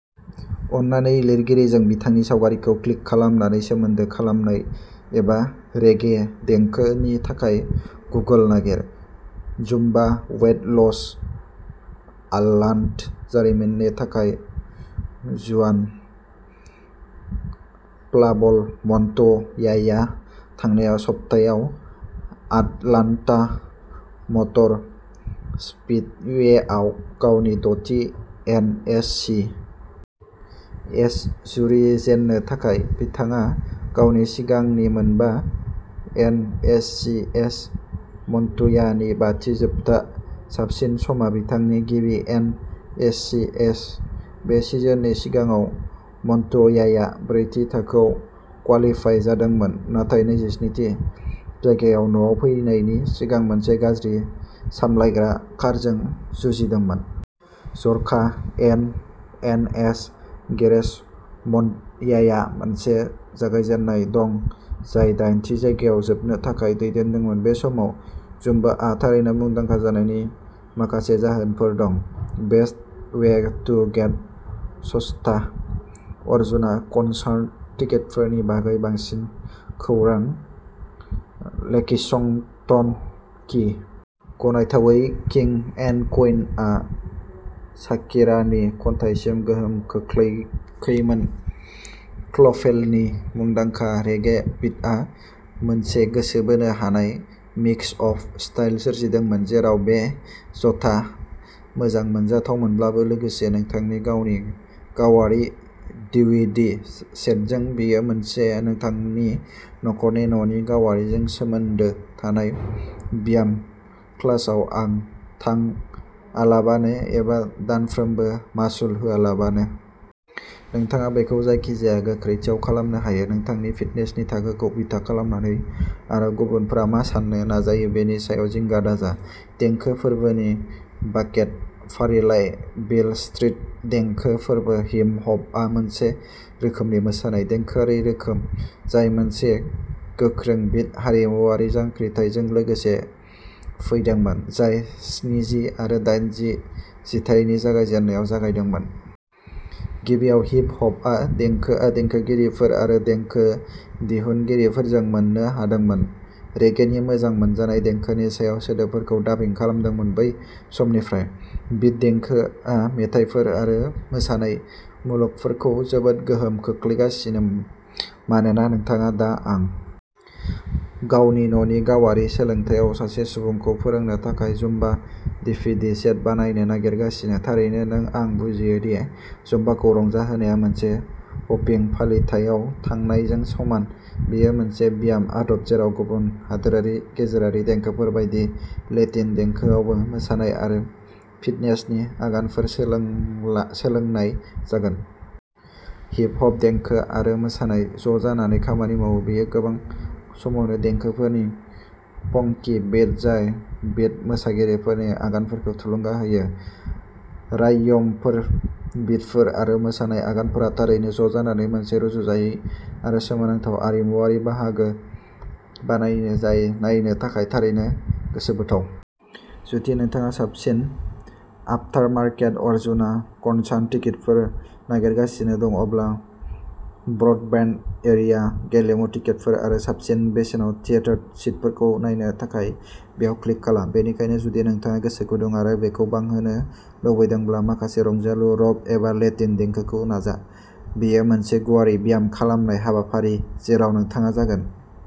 अन्नानै लिरगिरिजों बिथांनि सावगारिखौ क्लिक खालामनानै सोमोन्दो खालाम एबा "रेगे देंखो" नि थाखाय गुगोल नागिर। जुम्बा वेट लस आललान्टा जारिमिननि थाखायः जुआन पाब्ल'मन्ट'याया थांनाय सप्तायाव आटलान्टा मटर स्पीडवेआव गावनि द'थि एन. एस. सि. एस. जुरिजेननो थाखाय। बिथाङा गावनि सिगांनि मोनबा एन. एस. सि. एस. मन्ट'यानि बाथि जोबथा साबसिन समा बिथांनि गिबि एन. एस. सि. एस. बे सिजननि सिगाङाव, मन्ट'याया ब्रैथि थाखोआव क्वालिफाइ जादोंमोन नाथाय नैजिस्नि थि जायगायाव न'आव फैनायनि सिगां मोनसे गाज्रि-सामलायग्रा कारजों जुजिदोंमोन। जर'खा एन. एन. एस. गेरेज, मन्ट'याया मोनसे जागायजेन्नाय दं जाय दाइनथि जायगायाव जोबनो थाखाय दैदेनदोंमोन। बे समाव जुम्बाआ थारैनो मुंदांखा जानायनि माखासे जाहोनफोर दं। बेस्ट वे टु गेट सस्ता अजुना कनसार्ट टिकेटफोरनि बागै बांसिन खौरां लेक्सिंटन कि. गनायथावै, "किं एन्ड कुइन" आ शाकिरानि खन्थाइसिम गोहोम खोख्लैाखैमोन। क्लेफनि मुंदांखा रेगे बिटआ मोनसे गोसो बोनो हानाय मिक्स अफ स्टाइल सोरजिदोंमोन, जेराव बे ज'था मोजां मोनथावनामोनब्लाबो। लोगोसे, नोंथांनि गावनि गावारि डीवीडी सेटजों बेयो नोंथांनि नख'रनि न'नि गावारिजों सोमोन्दो थानाय ब्याम, क्लासआव थांआलाबानो, एबा दानफ्रोमबो मासुल होआलाबानो। नोंथाङा बेखौ जायखिजाया गोख्रैथियाव खालामनो हायो, नोंथांनि फिटनेसनि थाखोखौ बिथा खालामनानै आरो गुबुनफोरा मा सान्नो नाजायो बेनि सायाव जिंगा दाजा। देंखो फोरबोनि बाकेट फारिलाइः बील स्ट्रीट देंखो फोरबो हिप हपआ मोनसे रोखोमनि मोसानाय देंखोआरि रोखोम, जाय मोनसे गोख्रों बीट हारिमुआरि जांख्रिथायजों लोगोसे फैदोंमोन, जाय स्निजि आरो दाइनजि जिथाइनि जागायजेन्नायाव जागायदोंमोन। गिबियाव, हिप हप देंखोआ देंखोगिरिफोर आरो देंखो दिहुनगिरिफोरजों मोन्नो हादोंमोन, रेगेनि मोजां मोनजानाय देंखोनि सायाव सोदोबफोरखौ डाबिं खालामदोंमोन। बै समनिफ्राय, बीट देंखोआ मेथाइफोर आरो मोसानाय मुलुगफोरखौ जोबोद गोहोम खोख्लैगासिनो! मानोना नोंथाङा दा दं। गावनि न'नि गावारि सोलोंथायाव सासे सुबुंखौ फोरोंनो थाखाय जुम्बा डिभिडि सेट बायनो नागिरगासिनो, थारैनो, नों आं बुजियो दि जुम्बाखौ रंजाहोनाया मोनसे हपिं फालिथायाव थांनायजों समान। बेयो मोनसे ब्याम आदब जेराव गुबुन हादोर गेजेरारि देंखोफोर बायदि लेटिन देंखोआवबो मोसानाय आरो फिटनेसनि आगानफोर सोलोंला सोलोंनाय जागोन। हिप हप देंखो आरो मोसानाया ज'जानानै खामानि मावो। बेयो गोबां समावनो देंखोफोरनि फंकी बीट जाय बीट मोसागिरिफोरनि आगानफोरखौ थुलुंगा होयो। रायिमफोर, बिटफोर आरो मोसानाय आगानफोरा थारैनो ज'जानानै मोनसे रुजुजायै आरो सोमोनांथाव आरिमुआरि बाहागो बानायो जाय नायनो थाखाय थारैनो गोसोबोथाव। जुदि नोंथाङा साबसिन आफटारमार्केट अजुना कनसार्ट टिकेटफोर नागिरगासिनो दं, अब्ला ब्रडबेन्ट एरिना, गेलेमु टिकेटफोर आरो साबसिन बेसेनाव थियेटार सिटफोरखौ नायनो थाखाय बेयाव क्लिक खालाम। बेनिखायनो, जुदि नोंथाङा गोसो गुदुं आरो बेखौ बांहोनो लुबैदोंब्ला, माखासे रंजालु रक एबा लेटिन देंखोखौ नाजा। बेयो मोनसे गुवारै ब्याम खालामनाय हाबाफारि जेराव नोंथाङा जागोन।